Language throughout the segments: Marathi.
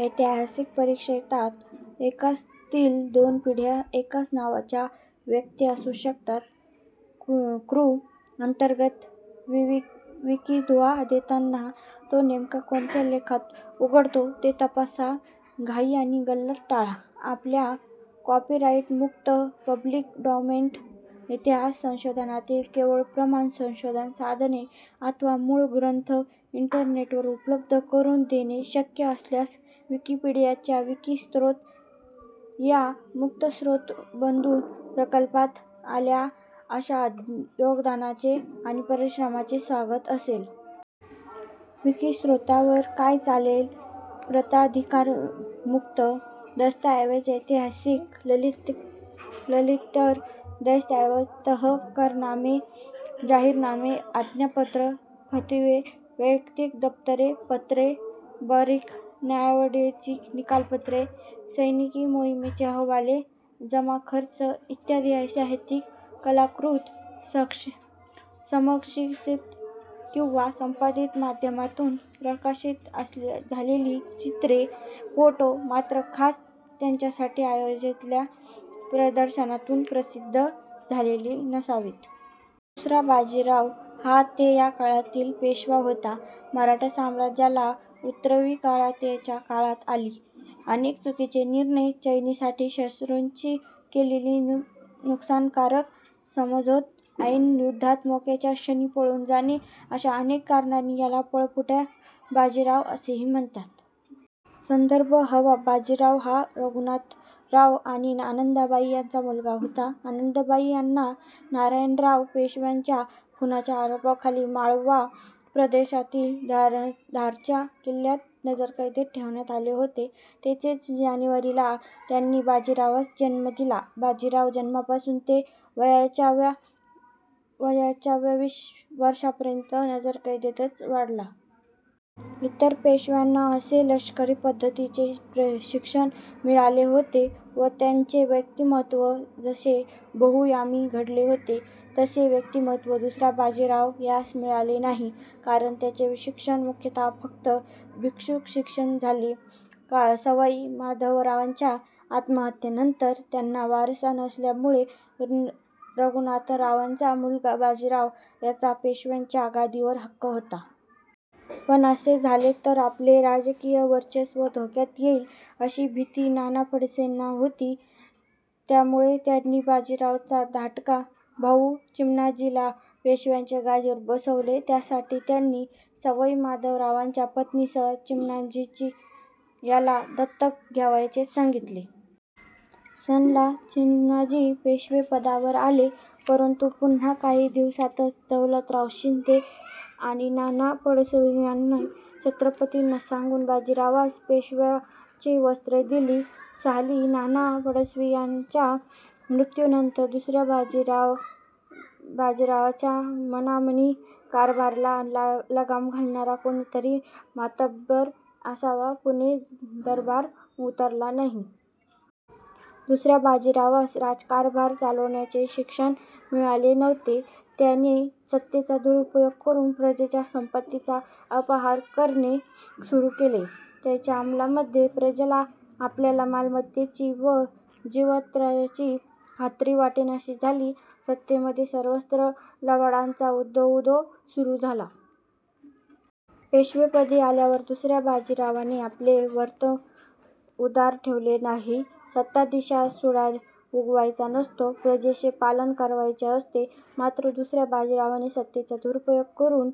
ऐतिहासिक परिपेक्षात एकाच तील दोन पिढ्यात एकाच नावाच्या व्यक्ती असु शकतात. कृ. अंतर्गत विकिदुवा देताना, तो नेमका कोणत्या लेखात उघडतो ते तपासा; घाई आणि गल्लत टाळा. आपल्याला कॉपीराइटमुक्त पब्लीक डॉमेन इतिहास संशोधनातील केवळ प्रमाण संशोधन साधने अथवा मूळ ग्रंथ इंटरनेटवर उपलब्ध करून देणे शक्य असल्यास विकिपीडियाच्या विकिस्रोत या मुक्तस्रोत बन्धू प्रकल्पात आपल्या अशा योगदानाचे आणि परिश्रमाचे स्वागत असेल. विकिस्रोतावर काय चालेल? प्रताधिकारमुक्त दस्तऐवज ऐतिहासिक ललितेतर दस्तऐवज तह/करारनामे, जाहीरनामे, आज्ञापत्रे, फतवे, वैयक्तिक दप्तरे/पत्रे, बखरी, न्यायनिवाड्याची निकालपत्रे, सैनिकी मोहिमांचे अहवाल/जमाखर्च इत्यादी. ऐतिहासिक कलाकॄती समसमीक्षित किंवा संपादित माध्यमांतून प्रकाशित झालेली चित्रे/फोटो; मात्र खास त्यांच्यासाठी आयोजलेल्या प्रदर्शनांतून प्रसिद्ध झालेली नसावीत. दुसरा बाजीराव हा ते या काळातील पेशवा होता. मराठा साम्राज्याला उतरती कळा याच्याच काळात आली. अनेक चुकीचे निर्णय, चैनीसाठी शत्रूंशी केलेले नुकसानकारक समझोते, ऐन युद्धात मोक्याच्या क्षणी पळून जाणे अशा अनेक कारणांनी याला पळपुटा बाजीराव असेही म्हणतात. संदर्भ हवा बाजीराव हा रघुनाथराव आणि आनंदीबाई यांचा मुलगा होता. आनंदीबाई यांना नारायणराव पेशव्यांच्या खुनाच्या आरोपाखाली माळवा प्रदेशातील धारच्या किल्ल्यात नजरकैदेत ठेवण्यात आले होते. येथेच जानेवारी ला त्यांनी बाजीरावास जन्म दिला. बाजीराव जन्मापासून ते वयाच्या व्या वर्षापर्यंत नजरकैदेतच वाढला. इतर पेशव्यांना जसे लष्करी पद्धतीचे शिक्षण मिळाले होते व त्यांचे व्यक्तिमत्त्व जसे बहुआयामी घडले होते, तसे व्यक्तिमत्त्व दुसरा बाजीराव यांस मिळाले नाही. कारण, त्याचे शिक्षण मुख्यतः फक्त भिक्षुकी शिक्षण झाले. सवाई माधवरावांच्या आत्महत्येनंतर त्यांना वारस नसल्यामुळे रघुनाथरावांचा मुलगा बाजीराव याचा पेशव्यांच्या गादीवर हक्क होता. पण असे झाले तर आपले राजकीय वर्चस्व धोक्यात येईल अशी भीती नाना फडणवीसांना होती. त्यामुळे त्यांनी बाजीरावचा धाकटा भाऊ चिमणाजी याला पेशव्यांच्या गादीवर बसवले. त्यासाठी त्यांनी सवाई माधवरावांच्या पत्नीस चिमणाजी याला दत्तक घ्यावयाचे सांगितले. सन ला चिमणाजी पेशवेपदावर आले. परंतु पुन्हा काही दिवसांतच दौलतराव शिंदे आणि नाना फडणवीस यांनी छत्रपतींना सांगून बाजीरावास पेशव्यांची वस्त्रे दिली. साली नाना फडणवीसांच्या मृत्यूनंतर दुस-या बाजीरावाच्या मनमानी कारभाराला लगाम घालणारा कोणी मातब्बर असा, पुणे दरबारात उरला नाही. दुस-या बाजीरावास राज्यकारभार चालविण्याचे शिक्षण मिळालेले नव्हते. त्याने सत्तेचा दुरुपयोग करून प्रजेच्या संपत्तीचा अपहार करणे सुरू केले. त्याच्या अंमलामध्ये प्रजेला आपल्या मालमत्तेची व जीविताची खात्री वाटेनाशी झाली. सत्तेमध्ये सर्वत्र लबाडांचा उदोउदो सुरू झाला. पेशवेपदी आल्यावर दुस-या बाजीरावाने आपले वर्तन उदार ठेविले नाही. सत्ताधीशाने सूड उगवावयाचा नसतो, प्रजेचे पालन करावयाचे असते, मात्र दुस-या बाजीरावाने सत्तेचा दुरुपयोग करून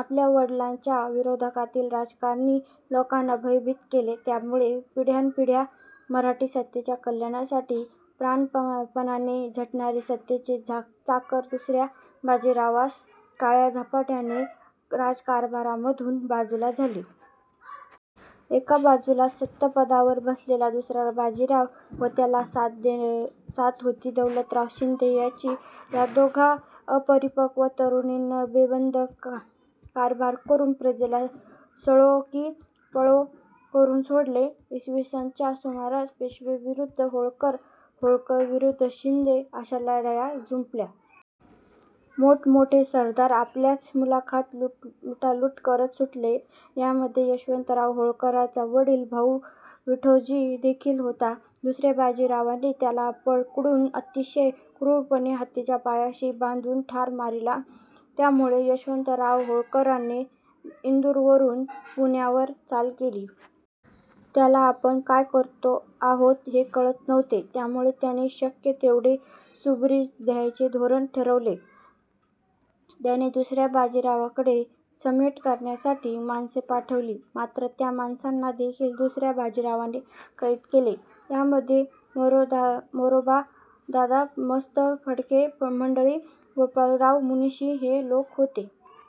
आपल्या वडिलांच्या विरोधातील राजकारणी लोकांना भयभीत केले. त्यामुळे पिढ्यानपिढ्या मराठी सत्तेच्या कल्याणासाठी प्राणपणाने झटणारे सत्तेचे चाकर दुस-या बाजीरावाच्या काळात झपाट्याने राज्यकारभारामधून बाजूला झाले. एका बाजूला सत्तापदावर बसलेला दुसरा बाजीराव व त्याला साथ होती दौलतराव शिंदे याची या दोघा अपरिपक्व तरुणांनी बेबंद कारभार करून प्रजेला सळो की पळो करून सोडले. इ. स. च्या सुमारास पेशवे विरुद्ध होळकर, होळकर विरुद्ध शिंदे अशा लढाया जुंपल्या. मोठमोठे सरदार आपल्याच मुलखात लुटालूट करत सुटले. यामध्ये यशवंतराव होळकराचा वडील भाऊ विठोजी देखील होता. दुस-या बाजीरावाने त्याला पकडून अतिशय क्रूरपणे हत्तीच्या पायाशी बांधून ठार मारिला. त्यामुळे यशवंतराव होळकराने इंदूरवरून पुण्यावर चाल केली. त्याला आपण काय करतो आहोत हे कळत होते त्यामुळे त्याने शक्य तेवढे सबुरीने घ्यायचे धोरण ठेवले. त्याने दुस-या बाजीरावाकडे समेट करण्यासाठी माणसे पाठविली. मात्र त्या माणसांना देखील दुस-या बाजीरावाने कैद केले. यामध्ये मोरोबादादा, समस्त फडके मंडळी, गोपाळवराव मुनशी हे लोक होते.